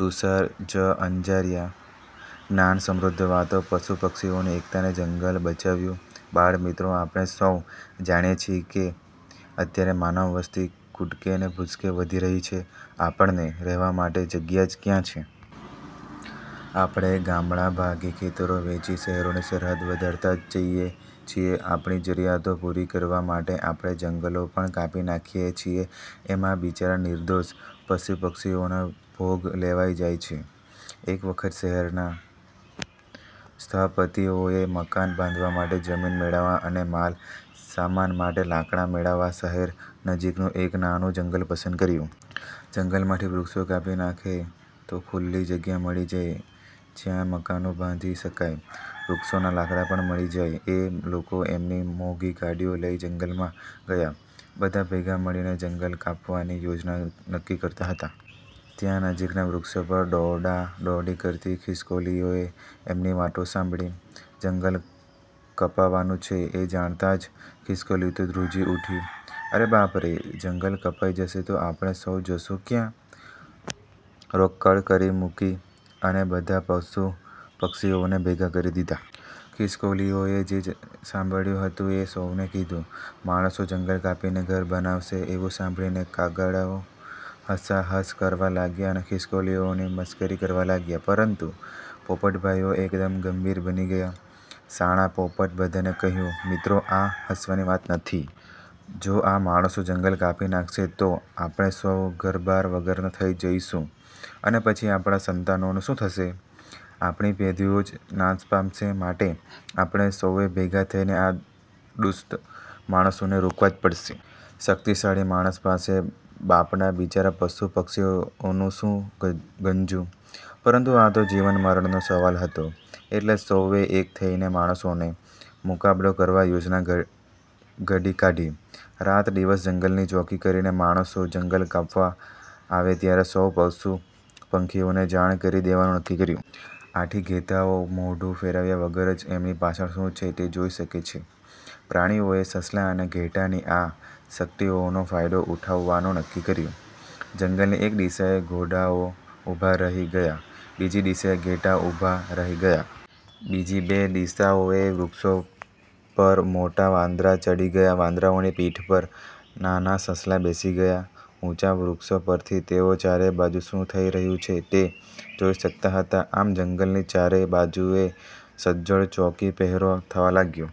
તુષાર જ. અંજારિયા જ્ઞાન સમૃદ્ધ વાતો પશુ-પંખીઓની એકતાએ જંગલ બચાવ્યું! બાળ મિત્રો, આપણે સૌ જાણીએ છીએ કે અત્યારે માનવ વસ્તી કૂદકે ને ભૂસકે વધી રહી છે. આપણને રહેવા માટે જગ્યા જ ક્યાં છે? આપણે ગામડાં ભાંગી, ખેતરો વેંચી શહેરોની સરહદ વધારતા જ જઈએ છીએ. આપણી જરૂરિયાતો પૂરી કરવા માટે આપણે જંગલો પણ કાપી નાખીએ છીએ એમાં બિચારાં નિર્દોષ પશુ-પંખીઓનો ભોગ લેવાઈ જાય છે. એક વખત શહેરના સ્થપતિઓએ મકાન બાંધવા માટે જમીન મેળવવા અને માલ સામાન માટે લાકડાં મેળવવા શહેર નજીકનું એક નાનું જંગલ પસંદ કર્યું. જંગલમાંથી વૃક્ષો કાપી નાખે તો ખુલ્લી જગ્યા મળી જાય જયાં મકાનો બાંધી શકાય. વૃક્ષોનાં લાકડાં પણ મળી જાય. એ લોકો એમની મોંઘી ગાડીઓ લઇ જંગલમાં ગયા. બધા ભેગા મળીને જંગલ કાપવાની યોજના નક્કી કરતા હતા. ત્યાં નજીકના વૃક્ષ પર દોડા દોડી કરતી ખિસકોલીઓએ એમની વાતો સાંભળી. જંગલ કપાવાનું છે એ જાણતાં જ ખિસકોલી તો ધ્રુજી ઉઠી. "અરે બાપ રે, જંગલ કપાઈ જશે તો આપણે સૌ જશું ક્યાં? " રોકકળ કરી મૂકી અને બધાં પશુ પંખીઓને ભેગાં કરી દીધાં. ખિસકોલીઓએ જે સાંભળ્યું હતું એ સૌને કીધું. માણસો જંગલ કાપીને ઘર બનાવશે એવું સાંભળીને કાગડાઓ હસા હસ કરવા લાગ્યા અને ખિસકોલીઓની મશ્કરી કરવા લાગ્યા. પરંતુ પોપટભાઈઓ એકદમ ગંભીર બની ગયા. શાણા પોપટે બધાંને કહ્યું, "મિત્રો, આ હસવાની વાત નથી. જો આ માણસો જંગલ કાપી નાંખશે તો આપણે સૌ ઘરબાર વગરના થઇ જઈશું અને પછી આપણા સંતાનોનું શું થશે? આપણી પેઢીઓ જ નાશ પામશે. માટે આપણે સૌએ ભેગાં થઈને આ દુષ્ટ માણસોને રોકવા જ પડશે. " શક્તિશાળી માણસ પાસે બાપડાં-બિચારાં પશુ પંખીઓનું શું ગજું? પરંતુ આ તો જીવન મરણનો સવાલ હતો એટલે સૌએ એક થઈને માણસોનો મુકાબલો કરવા યોજના ઘડી કાઢી. રાત દિવસ જંગલની ચોકી કરીને, માણસો જંગલ કાપવા આવે ત્યારે સૌ પશુ પંખીઓને જાણ કરી દેવાનું નક્કી કર્યું. આથી ઘેટાંઓ મોઢું ફેરવ્યા વગર જ એમની પાછળ શું છે તે જોઈ શકે છે. પ્રાણીઓએ સસલાં અને ઘેટાંની આ શક્તિઓનો ફાયદો ઉઠાવવાનું નક્કી કર્યું. જંગલની એક દિશાએ ઘોડાઓ ઉભા રહી ગયા. બીજી દિશાએ ઘેટાં ઊભાં રહી ગયાં. બીજી બે દિશાઓએ વૃક્ષો પર મોટા વાંદરા ચડી ગયા. વાંદરાઓની પીઠ પર નાનાં સસલાં બેસી ગયાં. ઊંચા વૃક્ષો પરથી તેઓ ચારે બાજુ શું થઇ રહ્યું છે તે જોઈ શકતા હતા. આમ જંગલની ચારે બાજુએ સજ્જડ ચોકી પહેરો થવા લાગ્યો.